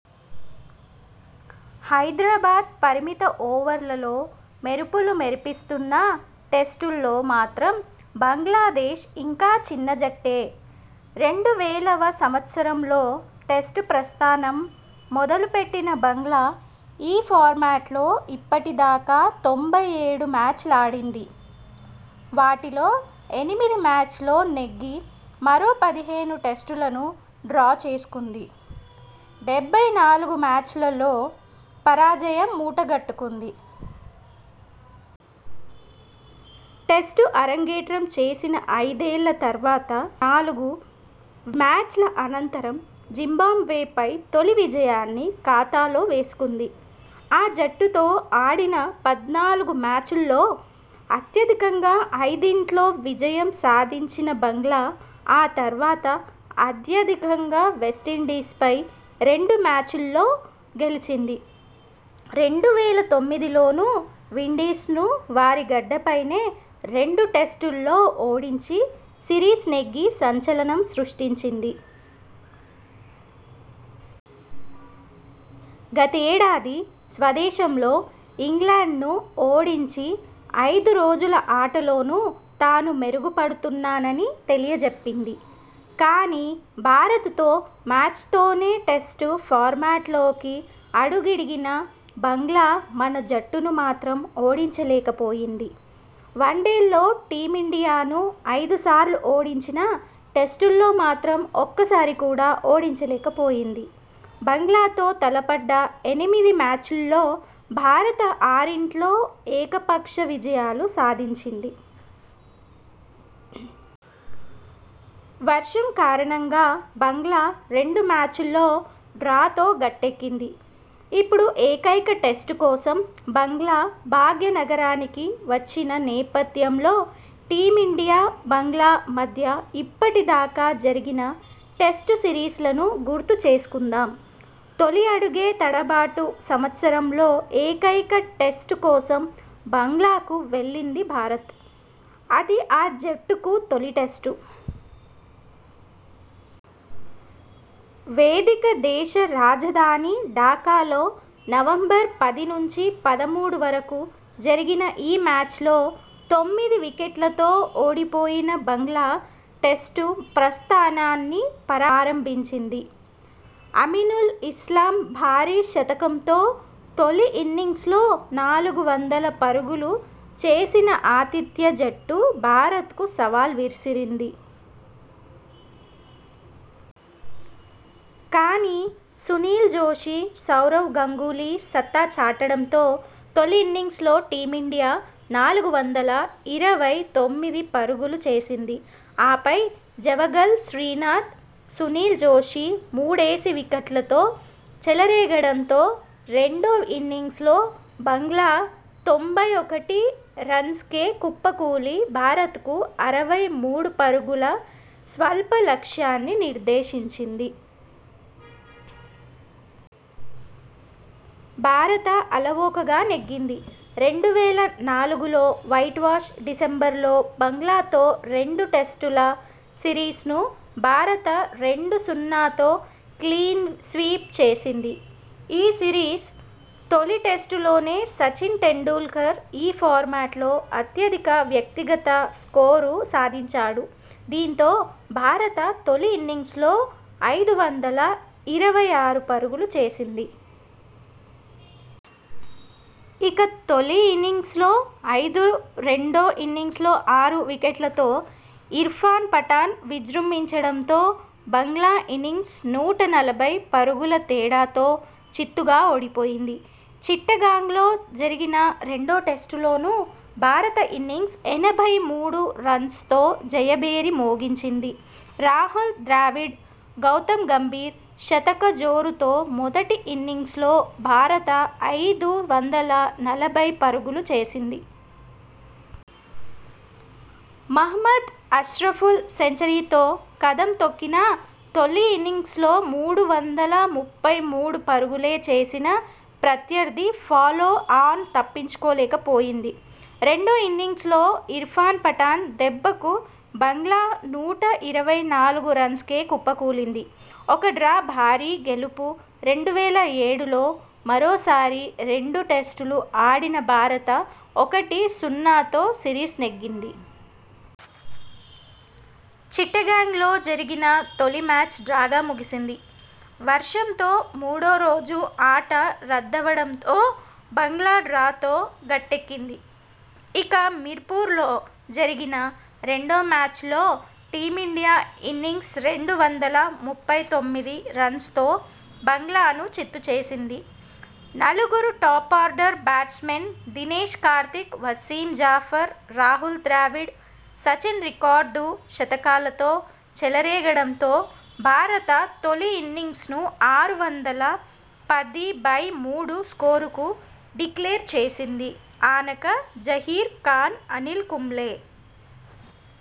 హైదరాబాద్ పరిమిత ఓవర్లలో మెరుపులు మెరిపిస్తున్నా టెస్టుల్లో మాత్రం బంగ్లాదేశ్ ఇంకా చిన్నజట్టే! రెండు వేలవ సంవత్సరంలో టెస్టు ప్రస్థానం మొదలుపెట్టిన బంగ్లా ఈ ఫార్మాట్లో ఇప్పటిదాకా తొంభై ఏడు మ్యాచ్లాడింది. వాటిలో ఎనిమిది మ్యాచ్ల్లో నెగ్గి, మరో పదిహేను టెస్టులను డ్రా చేసుకుంది. డెబ్బై నాలుగు మ్యాచ్ల్లో పరాజయం మూటగట్టుకుంది. టెస్టు అరంగేట్రం చేసిన ఐదేళ్ల తర్వాత ముప్పై నాలుగు మ్యాచ్ల అనంతరం జింబాబ్వేపై తొలి విజయాన్ని ఖాతాలో వేసుకుంది. ఆ జట్టుతో ఆడిన పద్నాలుగు మ్యాచ్ల్లో అత్యధికంగా ఐదింట్లో విజయం సాధించిన బంగ్లా ఆ తర్వాత అత్యధికంగా వెస్టిండీస్పై రెండు మ్యాచ్ల్లో గెలిచింది. రెండు వేల తొమ్మిదిలోనూ విండీస్ను వారి గడ్డపైనే రెండు టెస్టుల్లో ఓడించి సిరీస్ నెగ్గి సంచలనం సృష్టించింది. గతేడాది స్వదేశంలో ఇంగ్లండ్ను ఓడించి ఐదు రోజుల ఆటలోనూ తాను మెరుగుపడుతున్నానని తెలియజెప్పింది. కానీ, భారతతో మ్యాచ్తోనే టెస్టు ఫార్మాట్లోకి అడుగిడిన బంగ్లా మన జట్టును మాత్రం ఓడించలేకపోయింది. వన్డేల్లో టీమిండియాను ఐదు సార్లు ఓడించినా టెస్టుల్లో మాత్రం ఒక్కసారి కూడా ఓడించలేకపోయింది. బంగ్లాతో తలపడ్డ ఎనిమిది మ్యాచ్ల్లో భారత ఆరింట్లో ఏకపక్ష విజయాలు సాధించింది. వర్షం కారణంగా బంగ్లా రెండు మ్యాచ్ల్లో డ్రాతో గట్టెక్కింది. ఇప్పుడు ఏకైక టెస్టు కోసం బంగ్లాభాగ్యనగరానికి వచ్చిన నేపథ్యంలో టీమిండియా-బంగ్లా మధ్య ఇప్పటిదాకా జరిగిన టెస్టు సిరీస్లను గుర్తు చేసుకుందాం! తొలి అడుగే తడబాటు సంవత్సరంలో ఏకైక టెస్టు కోసం బంగ్లాకు వెళ్లింది భారత. అది ఆ జట్టుకు తొలి టెస్టు. వేదిక దేశ రాజధాని ఢాకాలో నవంబర్ పది నుంచి పదమూడు వరకు జరిగిన ఈ మ్యాచ్లో తొమ్మిది వికెట్లతో ఓడిపోయిన బంగ్లా టెస్టు ప్రస్థానాన్ని పరాజయంతో ఆరంభించింది. అమినుల్ ఇస్లాం భారీ శతకంతో తొలి ఇన్నింగ్స్లో నాలుగు వందల పరుగులు చేసిన ఆతిథ్య జట్టు భారతకు సవాల్ విసిరింది. కానీ, సునీల్ జోషి, సౌరవ్ గంగూలీ సత్తా చాటడంతో తొలి ఇన్నింగ్స్లో టీమిండియా నాలుగు వందల ఇరవై తొమ్మిది పరుగులు చేసింది. ఆపై జవగళ్ శ్రీనాథ్, సునీల్ జోషి మూడేసి వికెట్లతో చెలరేగడంతో రెండో ఇన్నింగ్స్లో బంగ్లా తొంభై ఒకటి రన్స్కే కుప్పకూలి భారతకు అరవై మూడు పరుగుల స్వల్ప లక్ష్యాన్ని నిర్దేశించింది. భారత అలవోకగా నెగ్గింది. రెండు వేల నాలుగులో వైట్వాష్ డిసెంబర్లో బంగ్లాతో రెండు టెస్టుల సిరీస్ను భారత రెండు-సున్నాతో క్లీన్స్వీప్ చేసింది. ఈ సిరీస్ తొలి టెస్టులోనే సచిన్ టెండూల్కర్ ఈ ఫార్మాట్లో అత్యధిక వ్యక్తిగత స్కోరు సాధించాడు. దీంతో భారత తొలి ఇన్నింగ్స్లో ఐదు వందల ఇరవై ఆరు పరుగులు చేసింది. ఇక తొలి ఇన్నింగ్స్లో ఐదు, రెండో ఇన్నింగ్స్ల్లో ఆరు వికెట్లతో ఇర్ఫాన్ పఠాన్ విజృంభించడంతో బంగ్లా ఇన్నింగ్స్ నూట నలభై పరుగుల తేడాతో చిత్తుగా ఓడిపోయింది. చిట్టగాంగ్లో జరిగిన రెండో టెస్టులోనూ భారత ఇన్నింగ్స్ ఎనభై మూడు రన్స్తో జయభేరి మోగించింది. రాహుల్ ద్రావిడ్, గౌతమ్ గంభీర్ శతక జోరుతో మొదటి ఇన్నింగ్స్లో భారత ఐదు వందల నలభై పరుగులు చేసింది. మహ్మద్ అష్రఫుల్ సెంచరీతో కదం తొక్కినా తొలి ఇన్నింగ్స్లో మూడు వందల ముప్పై మూడు పరుగులే చేసిన ప్రత్యర్థి ఫాలోఆన్ తప్పించుకోలేకపోయింది. రెండో ఇన్నింగ్స్లో ఇర్ఫాన్ పఠాన్ దెబ్బకు బంగ్లా నూట ఇరవై నాలుగు రన్స్కే కుప్పకూలింది. ఒక డ్రా భారీ గెలుపు రెండు వేల ఏడులో మరోసారి రెండు టెస్టులు ఆడిన భారత ఒకటి-సున్నాతో సిరీస్ నెగ్గింది. చిట్టగాంగ్లో జరిగిన తొలి మ్యాచ్ డ్రాగా ముగిసింది. వర్షంతో మూడో రోజు ఆట రద్దవడంతో బంగ్లా డ్రాతో గట్టెక్కింది. ఇక మిర్పూర్లో జరిగిన రెండో మ్యాచ్లో టీమిండియా ఇన్నింగ్స్ రెండు వందల ముప్పై తొమ్మిది రన్స్తో బంగ్లాను చిత్తు చేసింది. నలుగురు top order batsmen Dinesh Karthik, Wasim Jaffer, Rahul Dravid, Sachin record శతకాలతో చెలరేగడంతో భారత తొలి ఇన్నింగ్స్ను ఆరు వందల పది/మూడు స్కోరుకు డిక్లేర్ చేసింది. ఆనక జహీర్ ఖాన్, అనిల్ కుంబ్లే